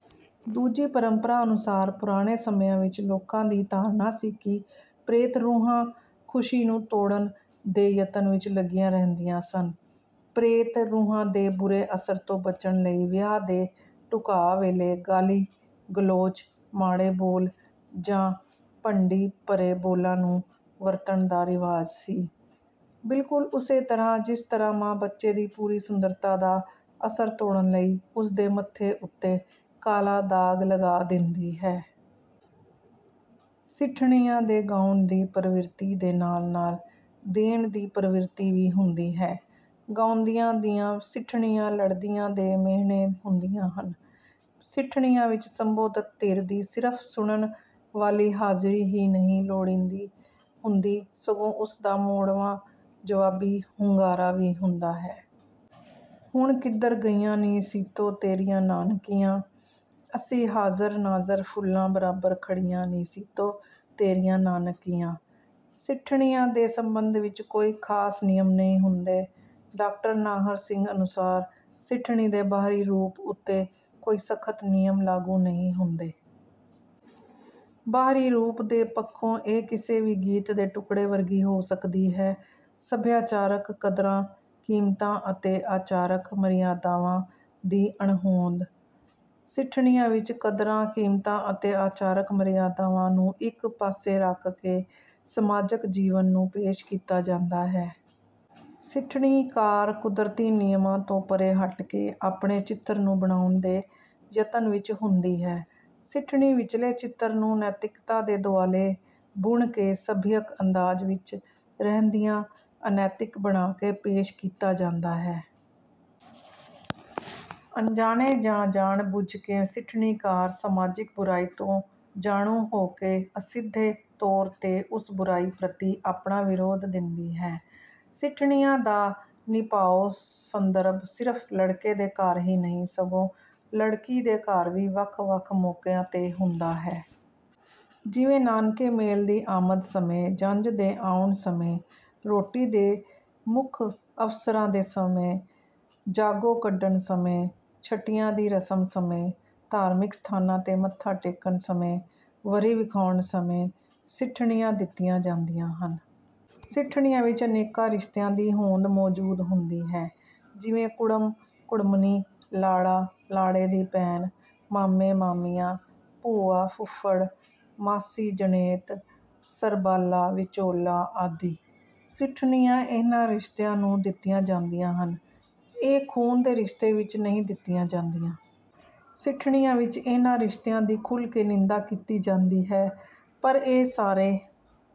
ਦੂਜੀ ਪਰੰਪਰਾ ਅਨੁਸਾਰ ਪੁਰਾਣੇ ਸਮਿਆਂ ਵਿਚ ਲੋਕਾਂ ਦੀ ਧਾਰਨਾ ਸੀ ਕਿ ਪ੍ਰੇਤ ਰੂਹਾਂ ਖੁਸ਼ੀ ਨੂੰ ਤੋੜਨ ਦੇ ਯਤਨ ਵਿੱਚ ਲੱਗੀਆਂ ਰਹਿੰਦੀਆਂ ਸਨ। ਪ੍ਰੇਤ ਰੂਹਾਂ ਦੇ ਬੁਰੇ ਅਸਰ ਤੋਂ ਬਚਣ ਲਈ ਵਿਆਹ ਦੇ ਢੁਕਾਅ ਵੇਲੇ ਗਾਲੀ, ਗਲੋਚ, ਮਾੜੇ ਬੋਲ, ਜਾਂ ਭੰਡੀ ਭਰੇ ਬੋਲਾਂ ਨੂੰ ਵਰਤਣ ਦਾ ਰਿਵਾਜ਼ ਸੀ, ਬਿਲਕੁਲ ਉਸੇ ਤਰ੍ਹਾਂ ਜਿਸ ਤਰ੍ਹਾਂ ਮਾਂ ਬੱਚੇ ਦੀ ਪੂਰੀ ਸੁੰਦਰਤਾ ਦਾ ਅਸਰ ਤੋੜਨ ਲਈ ਉਸ ਦੇ ਮੱਥੇ ਉੱਤੇ ਕਾਲਾ ਦਾਗ ਲਗਾ ਦਿੰਦੀ ਹੈ। ਸਿੱਠਣੀਆਂ ਦੇ ਗਾਉਣ ਦੀ ਪ੍ਰਵਿਰਤੀ ਦੇ ਨਾਲ ਨਾਲ 'ਦੇਣ' ਦੀ ਪ੍ਰਵਿਰਤੀ ਵੀ ਹੁੰਦੀ ਹੈ। ਗਾਉਂਦੀਆਂ ਦੀਆਂ ਸਿੱਠਣੀਆਂ ਲੜਦੀਆਂ ਦੇ ਮੇਹਣੇ ਹੁੰਦੀਆਂ ਹਨ। ਸਿੱਠਣੀਆਂ ਵਿੱਚ ਸੰਬੋਧਤ ਧਿਰ ਦੀ ਸਿਰਫ ਸੁਣਨ ਵਾਲੀ ਹਾਜ਼ਰੀ ਹੀ ਨਹੀਂ ਲੋੜੀਂਦੀ ਹੁੰਦੀ ਸਗੋਂ ਉਸਦਾ ਮੋੜਵਾਂ ਜਵਾਬੀ ਹੁੰਗਾਰਾ ਵੀ ਹੁੰਦਾ ਹੈ। ਹੁਣ ਕਿਧਰ ਗਈਆਂ ਨੀ ਸੀਤੋ ਤੇਰੀਆਂ ਨਾਨਕੀਆਂ, ਅਸੀਂ ਹਾਜ਼ਰ ਨਾਜ਼ਰ ਫੁੱਲਾਂ ਬਰਾਬਰ ਖੜੀਆਂ ਨੀ ਸੀਤੋ ਤੇਰੀਆਂ ਨਾਨਕੀਆਂ। ਸਿੱਠਣੀਆਂ ਦੇ ਸਬੰਧ ਵਿੱਚ ਕੋਈ ਖਾਸ ਨਿਯਮ ਨਹੀਂ ਹੁੰਦੇ। ਡਾਕਟਰ ਨਾਹਰ ਸਿੰਘ ਅਨੁਸਾਰ ਸਿੱਠਣੀ ਦੇ ਬਾਹਰੀ ਰੂਪ ਉੱਤੇ ਕੋਈ ਸਖ਼ਤ ਨਿਯਮ ਲਾਗੂ ਨਹੀਂ ਹੁੰਦੇ। ਬਾਹਰੀ ਰੂਪ ਦੇ ਪੱਖੋਂ ਇਹ ਕਿਸੇ ਵੀ ਗੀਤ ਦੇ ਟੁਕੜੇ ਵਰਗੀ ਹੋ ਸਕਦੀ ਹੈ। ਸੱਭਿਆਚਾਰਕ ਕਦਰਾਂ-ਕੀਮਤਾਂ ਅਤੇ ਆਚਾਰਕ ਮਰਿਆਦਾਵਾਂ ਦੀ ਅਣਹੋਂਦ: ਸਿੱਠਣੀਆਂ ਵਿੱਚ ਕਦਰਾਂ ਕੀਮਤਾਂ ਅਤੇ ਆਚਾਰਕ ਮਰਿਆਦਾਵਾਂ ਨੂੰ ਇੱਕ ਪਾਸੇ ਰੱਖ ਕੇ ਸਮਾਜਕ ਜੀਵਨ ਨੂੰ ਪੇਸ਼ ਕੀਤਾ ਜਾਂਦਾ ਹੈ। ਸਿੱਠਣੀਕਾਰ, ਕੁਦਰਤੀ ਨਿਯਮਾਂ ਤੋਂ ਪਰੇ ਹਟ ਕੇ ਆਪਣੇ ਚਿੱਤਰ ਨੂੰ ਬਣਾਉਣ ਦੇ ਯਤਨ ਵਿੱਚ ਹੁੰਦੀ ਹੈ। ਸਿੱਠਣੀ ਵਿੱਚਲੇ ਚਿੱਤਰ ਨੂੰ ਨੈਤਿਕਤਾ ਦੇ ਦੁਆਲੇ ਬੁਣ ਕੇ ਸਭਿਅਕ ਅੰਦਾਜ਼ ਵਿੱਚ ਰਹਿੰਦਿਆਂ ਅਨੈਤਿਕ ਬਣਾ ਕੇ ਪੇਸ਼ ਕੀਤਾ ਜਾਂਦਾ ਹੈ। ਅਣਜਾਣੇ ਜਾਂ ਜਾਣ ਬੁੱਝ ਕੇ ਸਿੱਠਣੀਕਾਰ ਸਮਾਜਿਕ ਬੁਰਾਈ ਤੋਂ ਜਾਣੂ ਹੋ ਕੇ ਅਸਿੱਧੇ ਤੌਰ ਤੇ ਉਸ ਬੁਰਾਈ ਪ੍ਰਤੀ ਆਪਣਾ ਵਿਰੋਧ ਦਿੰਦੀ ਹੈ। ਸਿੱਠਣੀਆਂ ਦਾ ਨਿਭਾਉ ਸੰਦਰਭ ਸਿਰਫ਼ ਲੜਕੇ ਦੇ ਘਰ ਹੀ ਨਹੀਂ ਸਗੋਂ ਲੜਕੀ ਦੇ ਘਰ ਵੀ ਵੱਖ-ਵੱਖ ਮੌਕਿਆਂ ਤੇ ਹੁੰਦਾ ਹੈ। ਜਿਵੇਂ ਨਾਨਕੇ ਮੇਲ ਦੀ ਆਮਦ ਸਮੇਂ, ਜੰਝ ਦੇ ਆਉਣ ਸਮੇਂ, ਰੋਟੀ ਦੇ ਮੁੱਖ ਅਵਸਰਾਂ ਦੇ ਸਮੇਂ, ਜਾਗੋ ਕੱਢਣ ਸਮੇਂ, ਛਟੀਆਂ ਦੀ ਰਸਮ ਸਮੇਂ, ਧਾਰਮਿਕ ਸਥਾਨਾਂ ਤੇ ਮੱਥਾ ਟੇਕਣ ਸਮੇਂ, ਵਰੀ ਵਿਖਾਉਣ ਸਮੇਂ ਸਿੱਠਣੀਆਂ ਦਿੱਤੀਆਂ ਜਾਂਦੀਆਂ ਹਨ। ਸਿੱਠਣੀਆਂ ਵਿੱਚ ਅਨੇਕਾਂ ਰਿਸ਼ਤਿਆਂ ਦੀ ਹੋਂਦ ਮੌਜੂਦ ਹੁੰਦੀ ਹੈ ਜਿਵੇਂ ਕੁੜਮ, ਕੁੜਮਣੀ, ਲਾੜਾ, ਲਾੜੇ ਦੀ ਭੈਣ, ਮਾਮੇ ਮਾਮੀਆਂ, ਭੂਆ, ਫੁਫੜ, ਮਾਸੀ, ਜਣੇਤ, ਸਰਬਾਲਾ, ਵਿਚੋਲਾ ਆਦਿ। ਸਿੱਠਣੀਆਂ ਇਹਨਾਂ ਰਿਸ਼ਤਿਆਂ ਨੂੰ ਦਿੱਤੀਆਂ ਜਾਂਦੀਆਂ ਹਨ। ਇਹ ਖੂਨ ਦੇ ਰਿਸ਼ਤੇ ਵਿੱਚ ਨਹੀਂ ਦਿੱਤੀਆਂ ਜਾਂਦੀਆਂ। ਸਿੱਠਣੀਆਂ ਵਿੱਚ ਇਹਨਾਂ ਰਿਸ਼ਤਿਆਂ ਦੀ ਖੁੱਲ੍ਹ ਕੇ ਨਿੰਦਾ ਕੀਤੀ ਜਾਂਦੀ ਹੈ ਪਰ ਇਹ ਸਾਰੇ